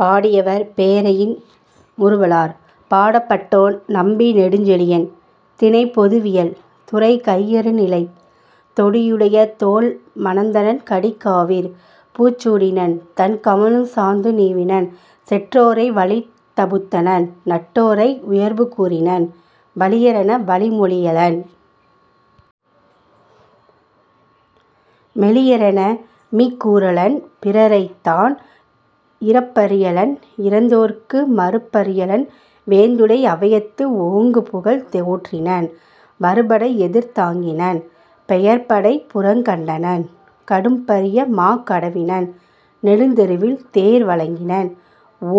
பாடியவர்: பேரெயின் முறுவலார். பாடப்பட்டோன்: நம்பி நெடுஞ்செழியன். திணை: பொதுவியல். துறை: கையறுநிலை. தொடி யுடைய தோள் மணந்தணன்; கடி காவிற் பூச் சூடினன்; தண் கமழுஞ் சாந்து நீவினன்; செற் றோரை வழி தபுத்தனன்; நட் டோரை உயர்பு கூறினன்; வலியரென, வழி மொழியலன்; மெலியரென, மீக் கூறலன்; பிறரைத் தான் இரப் பறியலன்; இரந் தோர்க்கு மறுப் பறியலன்; வேந்துடை அவையத்து ஓங்குபுகழ் தோற்றினன்; வருபடை எதிர் தாங்கினன்; பெயர் படை புறங் கண்டனன்; கடும் பரிய மாக் கடவினன்; நெடுந் தெருவில் தேர் வழங்கினன்;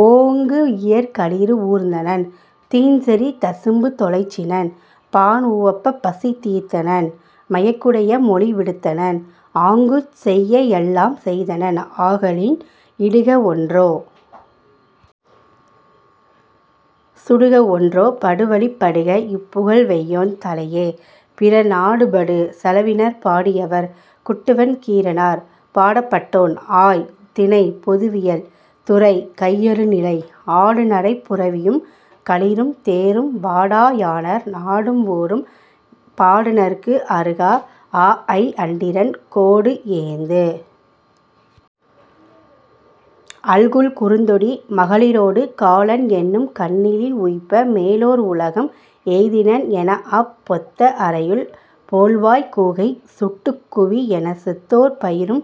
ஓங்கு இயற் களிறு ஊர்ந்தனன்; தீஞ் செறி தசும்பு தொலைச்சினன்; பாண் உவப்பப் பசி தீர்த்தனன்; மயக்குடைய மொழி விடுத்தனன்; ஆங்குச் செய்ப எல்லாம் செய்தனன் ஆகலின்- இடுக ஒன்றோ! சுடுக ஒன்றோ! படுவழிப் படுக, இப் புகழ்வெய்யோன் தலையே!. பிறர் நாடுபடு செலவினர்! பாடியவர்: குட்டுவன் கீரனார். பாடப்பட்டோன்: ஆய். திணை: பொதுவியல். துறை: கையறுநிலை. ஆடு நடைப் புரவியும், களிறும், தேரும், வாடா யாணர் நாடும் ஊரும், பாடுநர்க்கு அருகா ஆஅய் அண்டிரன் கோடுஏந்து அல்குல், குறுந்தொடி மகளிரொடு காலன் என்னும் கண்ணிலி உய்ப்ப, மேலோர் உலகம் எய்தினன் எனாஅப், பொத்த அறையுள் போழ்வாய்க் கூகை, 'சுட்டுக் குவி' எனச் செத்தோர்ப் பயிரும்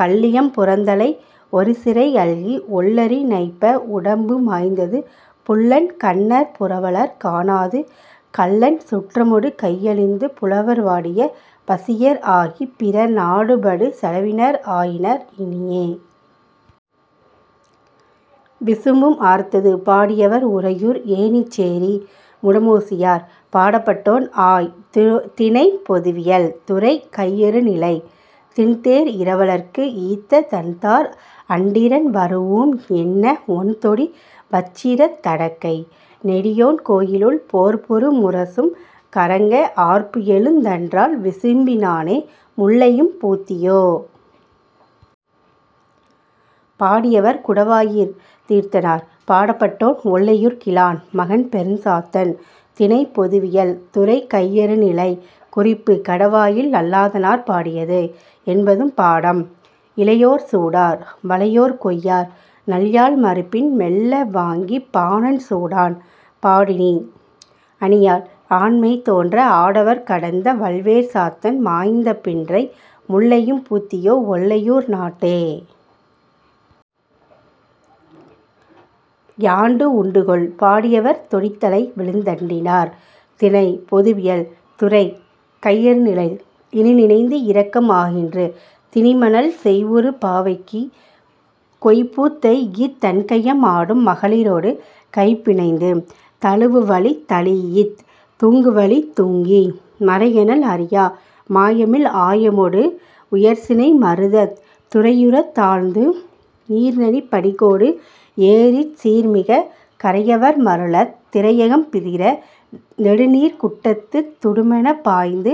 கள்ளியம் பறந்தலை ஒருசிறை அல்கி, ஒள்ளெரி நைப்ப உடம்பு மாய்ந்தது; புல்லென் கண்ணர் புரவலர்க் காணாது, கல்லென் சுற்றமொடு கையழிந்து, புலவர் வாடிய பசியர் ஆகிப், பிறர் நாடுபடு செலவினர் ஆயினர், இனியே.. விசும்பும் ஆர்த்தது! பாடியவர்: உறையூர் ஏணிச்சேரி முடமோசியார். பாடப்பட்டோன்: ஆய். திணை: பொதுவியல். துறை: கையறுநிலை. 'திண்தேர் இரவலர்க்கு, ஈத்த, தண்தார் அண்டிரன் வரூஉம்' என்ன, ஒண்தொடி வச்சிரத் தடக்கை நெடியோன் கோயிலுள், போர்ப்புறு முரசும் கறங்க, ஆர்ப்புஎழுந் தன்றால், விசும்பி னானே.. முல்லையும் பூத்தியோ? பாடியவர்: குடவாயிற் தீரத்தனார். பாடப்பட்டோன்: ஒல்லையூர் கிழான் மகன் பெருஞ்சாத்தன். திணை: பொதுவியல். துறை: கையறுநிலை. குறிப்பு: கடவாயில் நல்லாதனார் பாடியது என்பதும் பாடம். இளையோர் சூடார்; வளையோர் கொய்யார்; நல்யாழ் மருப்பின் மெல்ல வாங்கிப், பாணன் சூடான்; பாடினி அணியாள்; ஆண்மை தோன்ற ஆடவர்க் கடந்த வல்வேற் சாத்தன் மாய்ந்த பின்றை முல்லையும் பூத்தியோ, ஒல்லையூர் நாட்டே?. யாண்டு உண்டுகொல்? பாடியவர்: தொடித்தலை விழுத்தண்டினார் திணை: பொதுவியல் துறை: கையறுநிலை இனிநினைந்து இரக்கம் ஆகின்று; திணிமணல் செய்வுறு பாவைக்கு கொய்பூத் தைஇத், தண்கயம் ஆடும் மகளிரொடு கைபிணைந்து, தழுவுவழித் தழீஇத், தூங்குவழித் தூங்கி, மறைஎனல் அறியா மாயமில் ஆயமொடு உயர்சினை மருதத் துறையுறத் தாழ்ந்து, நீர்நணிப் படிகோடு ஏறிச், சீர்மிகக், கரையவர் மருளத், திரையகம் பிதிர, நெடுநீர்க் குட்டத்துத் துடுமெனப் பாய்ந்து,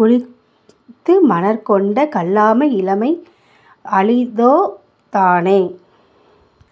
குளித்துமணற் கொண்ட கல்லா இளமை அளிதோ தானே!